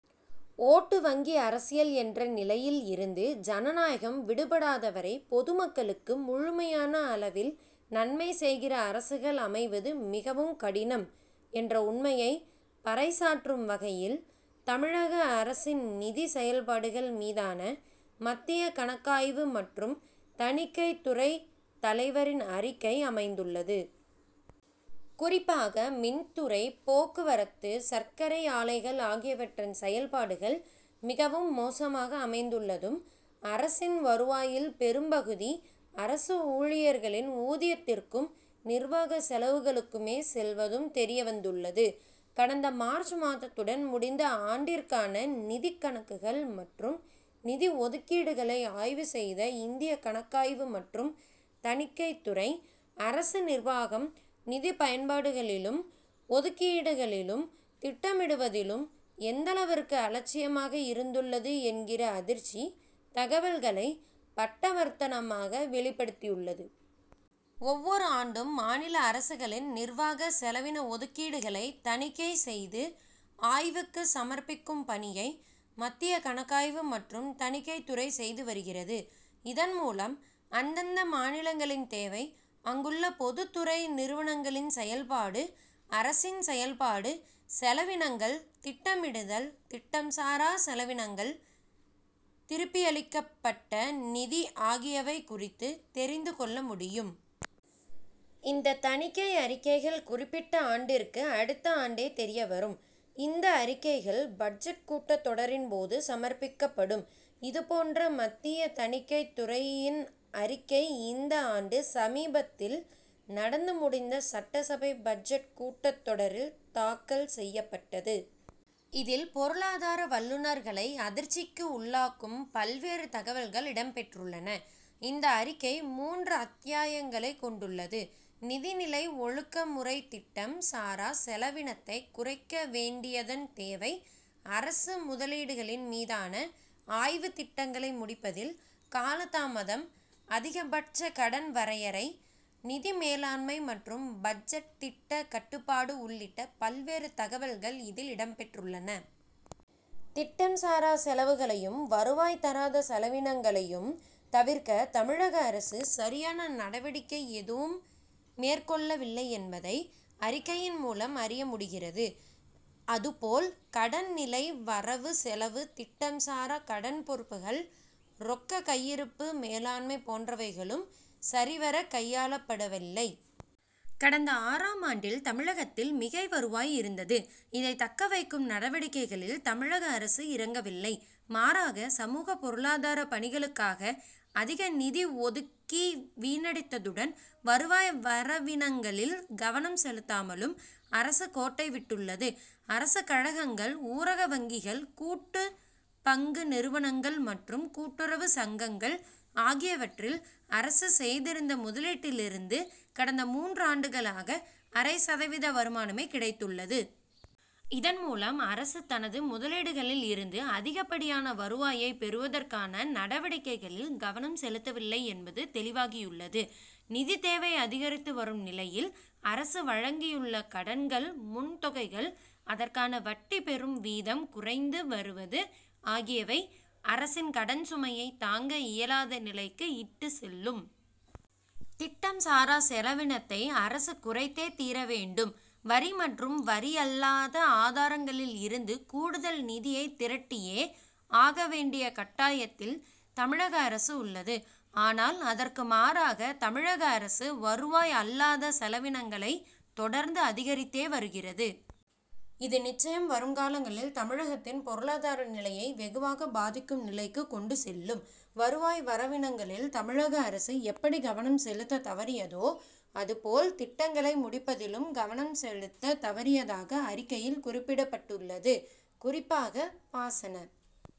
ஓட்டு வங்கி அரசியல் என்ற நிலையில் இருந்து ஜனநாயகம் விடுபடாத வரை பொதுமக்களுக்கு முழுமையான அளவில் நன்மை செய்கிற அரசுகள் அமைவது மிகவும் கடினம் என்ற உண்மையை பறைசாற்றும் வகையில் தமிழக அரசின் நிதி செயல்பாடுகள் மீதான மத்திய கணக் காய்வு மற்றும் தணிக்கைத் துறை தலைவரின் அறிக்கை அமைந் துள்ளது. குறிப்பாக, மின்துறை, போக்குவரத்து, சர்க்கரை ஆலைகள் ஆகியவற்றின் செயல்பாடுகள் மிகவும் மோசமாக அமைந்துள்ளதும் அரசின் வருவாயில் பெரும்பகுதி அரசு ஊழியர்களின் ஊதியத் திற்கும் நிர்வாக செலவுகளுக்குமே செல்வதும் தெரியவந்துள்ளது. கடந்த மார்ச் மாதத்துடன் முடிந்த ஆண்டிற்கான நிதிக் கணக்குகள் மற்றும் நிதி ஒதுக்கீடுகளை ஆய்வு செய்த இந்திய கணக்காய்வு மற்றும் தணிக்கைத்துறை, அரசு நிர்வாகம், நிதி பயன்பாடுகளிலும், ஒதுக்கீடுகளிலும் திட்டமிடுவதிலும் எந்தளவிற்கு அலட்சியமாக இருந்துள்ளது என் கிற அதிர்ச்சி தகவல்களை பட்டவர்த்தனமாக வெளிப்படுத்தியுள்ளது. ஒவ்வொரு ஆண்டும் மாநில அரசுகளின் நிர்வாக செலவின ஒதுக்கீடுகளை தணிக்கை செய்து ஆய்வுக்கு சமர்ப்பிக்கும் பணியை மத்திய கணக்காய்வு மற்றும் தணிக்கைத்துறை செய்து வருகிறது. இதன் மூலம் அந்தந்த மாநிலங் களின் தேவை, அங்குள்ள பொதுத் துறை நிறுவனங்களின் செயல் பாடு, அரசின் செயல்பாடு, செலவினங்கள், திட்டமிடுதல், திட்டம் சாரா செலவினங்கள், திருப்பியளிக்கப்பட்ட நிதி ஆகியவை குறித்து தெரிந்து கொள்ள முடியும். இந்த தணிக்கை அறிக்கைகள் குறிப்பிட்ட ஆண்டிற்கு அடுத்த ஆண்டே தெரிய வரும். இந்த அறிக்கைகள் பட்ஜெட் கூட்டத் தொடரின் போது சமர்ப்பிக்கப் படும். இது போன்ற மத்திய தணிக்கைத் துறையின் அறிக்கை இந்த ஆண்டு, சமீபத்தில் நடந்து முடிந்த சட்டசபை பட்ஜெட் கூட்டத் தொடரில் தாக்கல் செய்யப்பட்டது. இதில் பொருளாதார வல்லுனர்களை அதிர்ச்சிக்கு உள்ளாக்கும் பல்வேறு தகவல்கள் இடம் பெற்றுள்ளன. இந்த அறிக்கை மூன்று அத்தியாயங்களை கொண் டுள்ளது. நிதி நிலை ஒழுக்க முறை திட்டம் சாரா செலவினத்தை குறைக்க வேண்டியதன் தேவை அரசு முதலீடுகளின் மீதான ஆய்வு திட்டங்களை முடிப்பதில் காலதாமதம் அதிகபட்ச கடன் வரையறை; நிதி மேலாண்மை மற்றும் பட்ஜெட் திட்ட கட்டுப்பாடு உள் ளிட்ட பல்வேறு தகவல்கள் இதில் இடம் பெற்றுள்ளன. திட்டம் சாரா செலவுகளையும், வருவாய் தராத செலவினங்களையும் தவிர்க்க தமிழக அரசு, சரியான நடவடிக்கை எதுவும் மேற் கொள்ளவில்லை என்பதை, அறிக் கையின் மூலம் அறிய முடிகிறது. அது போல், கடன் நிலை வரவு செலவு திட்டம் சாரா கடன் பொறுப்புகள் ரொக்க கையிருப்பு மேலாண்மை போன்றவைகளும் சரி வர கையாளப்படவில்லை. கடந்த ஆறு ஆம் ஆண்டில், தமிழகத்தில் மிகை வருவாய் இருந்தது. இதை தக்க வைக்கும் நடவடிக்கைகளில் தமிழக அரசு இறங்கவில்லை. மாறாக, சமூக, பொருளாதாரப் பணிகளுக்காக அதிக நிதி ஒதுக்கி வீணடித்ததுடன், வருவாய் வரவினங்களில் கவனம் செலுத்தாமலும் அரசு கோட்டை விட்டுள்ளது. அரசு கழகங்கள் ஊரக வங்கிகள் கூட்டு பங்கு நிறுவனங்கள் மற்றும் கூட்டுறவு சங்கங்கள் ஆகியவற்றில் அரசு செய்திருந்த முதலீட்டிலிருந்து கடந்த மூன்றாண்டுகளாக அரை சதவீத வருமானமே கிடைத்துள்ளது. இதன் மூலம் அரசு, தனது முதலீடுகளில் இருந்து அதிகப்படியான வருவாயை பெறுவதற்கான நடவடிக்கைகளில் கவனம் செலுத்தவில்லை என்பது தெளிவாகியுள்ளது. நிதித் தேவை அதிகரித்து வரும் நிலையில் அரசு வழங்கியுள்ள கடன்கள் முன் தொகைகள், அதற்கான வட்டி பெறும் வீதம் குறைந்து வருவது ஆகியவை அரசின் கடன் சுமையை தாங்க இயலாத நிலைக்கு இட்டு செல்லும். திட்டம் சாரா செலவினத்தை அரசு குறைத்தே தீர வேண்டும் வரி மற்றும் வரியல்லாத ஆதாரங் களில் இருந்து கூடுதல் நிதியை திரட்டியே ஆக வேண்டிய கட்டாயத்தில் தமிழக அரசு உள்ளது. ஆனால், அதற்கு மாறாக தமிழக அரசு வருவாய் அல்லாத செலவினங்களை தொடர்ந்து அதிகரித்தே வருகிறது. இது நிச்சயம் வரும் காலங்களில் தமிழகத்தின் பொருளாதார நிலையை வெகுவாக பாதிக்கும் நிலைக்கு கொண்டு செல்லும். வருவாய் வரவினங்களில் தமிழக அரசு எப்படி கவனம் செலுத்த தவறியதோ அதுபோல் திட்டங்களை முடிப்பதிலும் கவனம் செலுத்த தவறியதாக அறிக்கையில் குறிப்பிடப்பட் டுள்ளது. குறிப்பாக பாசன